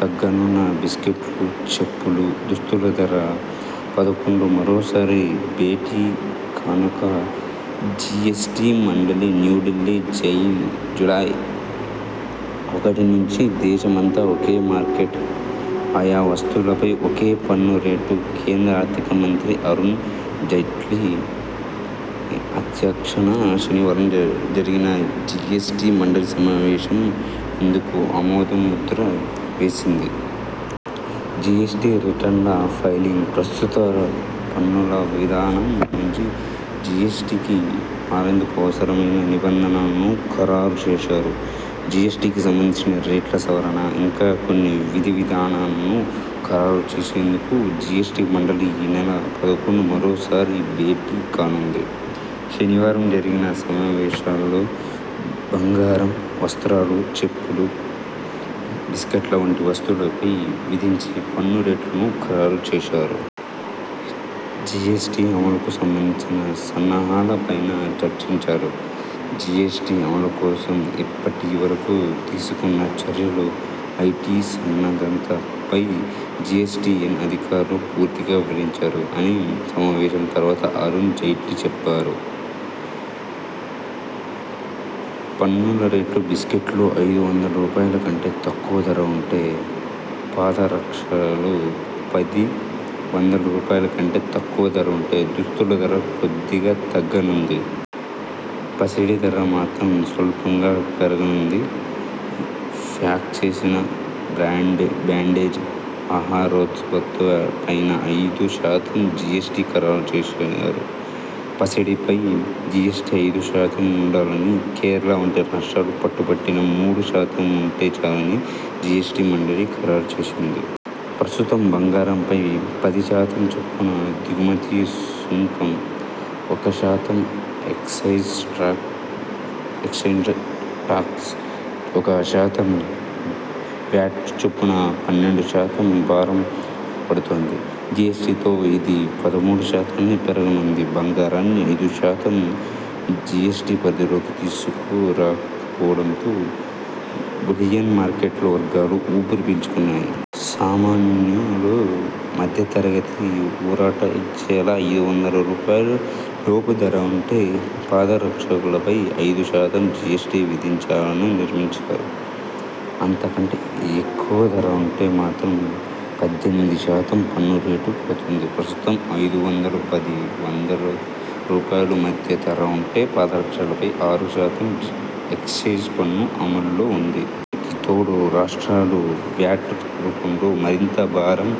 తగ్గనున్న బిస్కెట్లు, చెప్పులు, దుస్తుల ధర పదకొండున మరోసారి భేటీ కానున్న జిఎ్సటి మండలి న్యూఢిల్లీ జూలై ఒకటి నుంచి దేశ మంతా ఒకే మార్కెట్. ఆయా వస్తువులపై ఒకే పన్ను రేటు. కేంద్ర ఆర్థిక మంత్రి అరుణ్ జైట్లీ అధ్యక్షతన శనివారం జరిగిన జి ఎస్టి మండలి సమావేశం ఇందుకు ఆమోద ముద్ర వేసింది. జిఎ్సటి రిటర్న్ల ఫైలింగ్, ప్రస్తుత పన్నుల విధానం నుంచి జిఎ్సటికి మారేందుకు అవసరమైన నిబంధనలనూ ఖరారు చేశారు. జిఎ్సటికి సంబంధించిన రేట్ల సవరణ, ఇంకా కొన్ని విధి విధానాలను ఖరారు చేసేందుకు జిఎ్సటి మండలి ఈ నెల పదకొండున మరోసారి భేటీ కానుంది. శనివారం జరిగిన సమావేశంలో బంగారం, వస్త్రాలు, చెప్పులు, బిస్కట్ల వంటి వస్తువులపై విధించే పన్ను రేట్లను ఖరారు చేశారు. జిఎ్సటి అమలుకు సంబంధించిన సన్నాహాల పైనా చర్చించారు. 'జిఎ్సటి అమలు కోసం ఇప్పటి వరకు తీసుకున్న చర్యలు, ఐటి సన్నద్ధత పై జిఎ్సటిఎన్ అధికారులు పూర్తిగా వివరించారు' అని సమావేశం తర్వాత అరుణ్ జైట్లీ చెప్పారు. పన్నుల రేట్లు బిస్కెట్లు, ఐదు వందల రూపాయలు కంటే తక్కువ ధర ఉండే పాద రక్షలు, పది వందల రూపాయలు కంటే తక్కువ ధర ఉండే దుస్తుల ధర కొద్దిగా తగ్గ నుంది. పసిడి ధర మాత్రం స్వల్పంగా పెరగ నుంది. ప్యాక్ చేసిన బ్రాండెడ్ ఆహారోత్పత్తులపైనా ఐదు శాతం జి ఎ్సటి ఖరారు చేశారు. పసిడి పై జిఎ్సటి ఐదు శాతం ఉండాలని కేరళ వంటి రాష్ట్రాలు పట్టు పట్టినా మూడు శాతం ఉంటే చాలని జిఎ్సటి మండలి ఖరారు చేసింది. ప్రస్తుతం బంగారంపై పది శాతం చొప్పున దిగుమతి సుంకం, ఒక శాతం ఎక్సైజ్ టాక్స్, ఒక శాతం వ్యాట్ చొప్పున పన్నెండు శాతం భారం పడుతోంది. జిఎస్టి తో ఇది పదమూడు శాతానికి పెరగనుంది. బంగారాన్ని ఐదు శాతం జిఎ్సటి పరిధిలోకి తీసుకు రాక పోవడంతో బులియన్ మార్కెట్ వర్గాలు ఊపిరి పీల్చుకున్నాయి. సామాన్యులు, మధ్య తరగతికి ఊరట ఇచ్చేలా ఐదు వందల రూపాయల లోపు ధర ఉండే పాదరక్షల పై ఐదు శాతం జిఎ్సటి విధించాలని నిర్ణయించారు. అంత కంటే ఎక్కువ ధర ఉంటే మాత్రం పద్దెనిమిది శాతం పన్ను రేటు పడుతుంది. ప్రస్తుతం ఐదు వందల పది వందల రూపాయల మధ్య ధర ఉండే పాదరక్షలపై ఆరు శాతం ఎక్సైజ్ పన్ను అమల్లో ఉంది. దీనికి తోడు రాష్ట్రాలు వ్యాట్ రూపంలో మరింత భారం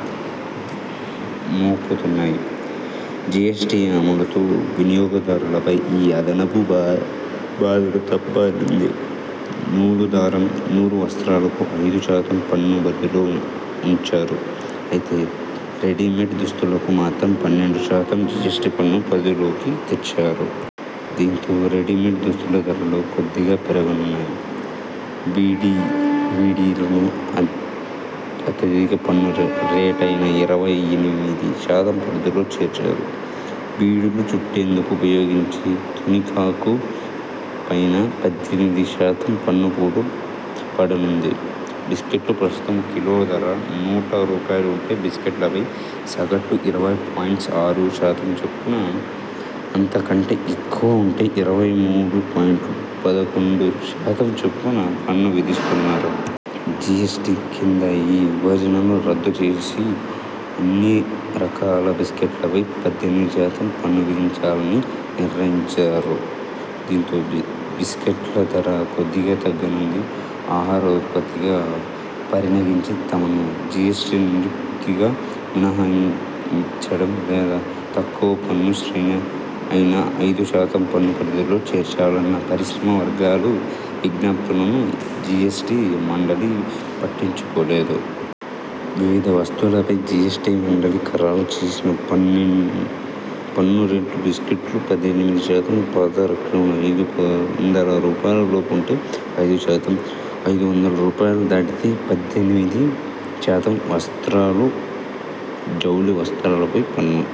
మోపుతున్నాయి. జిఎ్సటి అమలుతో వినియోగదారుల పై ఈ అదనపు బాదుడు తప్ప నుంది. నూలు దారం, నూలు వస్త్రాలను ఐదు శాతం పన్ను పరిధిలో ఉంచారు. అయితే రెడీమేడ్ దస్తులను మాత్రం పన్నెండు శాతం జిఎ్సటి పన్ను పరిధిలోకి తెచ్చారు. దీంతో రెడీమేడ్ దుస్తుల ధరలు కొద్దిగా పెరగనున్నాయి. బీడీలను అత్యధిక పన్ను రేటైన ఇరవై ఎనిమిది శాతం పరిధిలో చేర్చారు. బీడీలు చుట్టేందుకు ఉపయోగించే తునికాకు పైనా పద్దెనిమిది శాతం పన్ను పోటు పడనుంది. బిస్కెట్లు ప్రస్తుతం కిలో ధర నూట రూపాయలు ఉండే బిస్కెట్లపై సగటున ఇరవై పాయింట్ ఆరు శాతం చొప్పున, అంత కంటే ఎక్కువ ఉంటే ఇరవై మూడు పాయింట్ పదకొండు శాతం చొప్పున పన్ను విధిస్తున్నారు. జిఎ్సటి కింద ఈ విభజనను రద్దు చేసి అన్ని రకాల బిస్కెట్లపై పద్దెనిమిది శాతం పన్ను విధించాలని నిర్ణయించారు. దీంతో బిస్కెట్ల ధర కొద్దిగా తగ్గనుంది. ఆహార ఉత్పత్తిగా పరిగణించి తమను జిఎ్సటి నుంచి పూర్తిగా మినహాయించడం లేదా తక్కువ పన్ను శ్రేణి అయిన ఐదు శాతం పన్ను పరిధిలో చేర్చాలన్న పరిశ్రమ వర్గాల విజ్ఞప్తులను జిఎ్సటి మండలి పట్టించు కోలేదు. వివిధ వస్తువులపై జిఎ్సటి మండలి ఖరారు చేసిన పన్ను రేట్లు బిస్కెట్లు పద్దెనిమిది శాతం పాద రక్షలు ఐదు వందల రూపాయలు లోపు ఉంటే ఐదు శాతం, ఐదు వందల రూపాయలు దాటితే పద్దెనిమిది శాతం వస్త్రాలు జౌళి వస్త్రాల పై పన్ను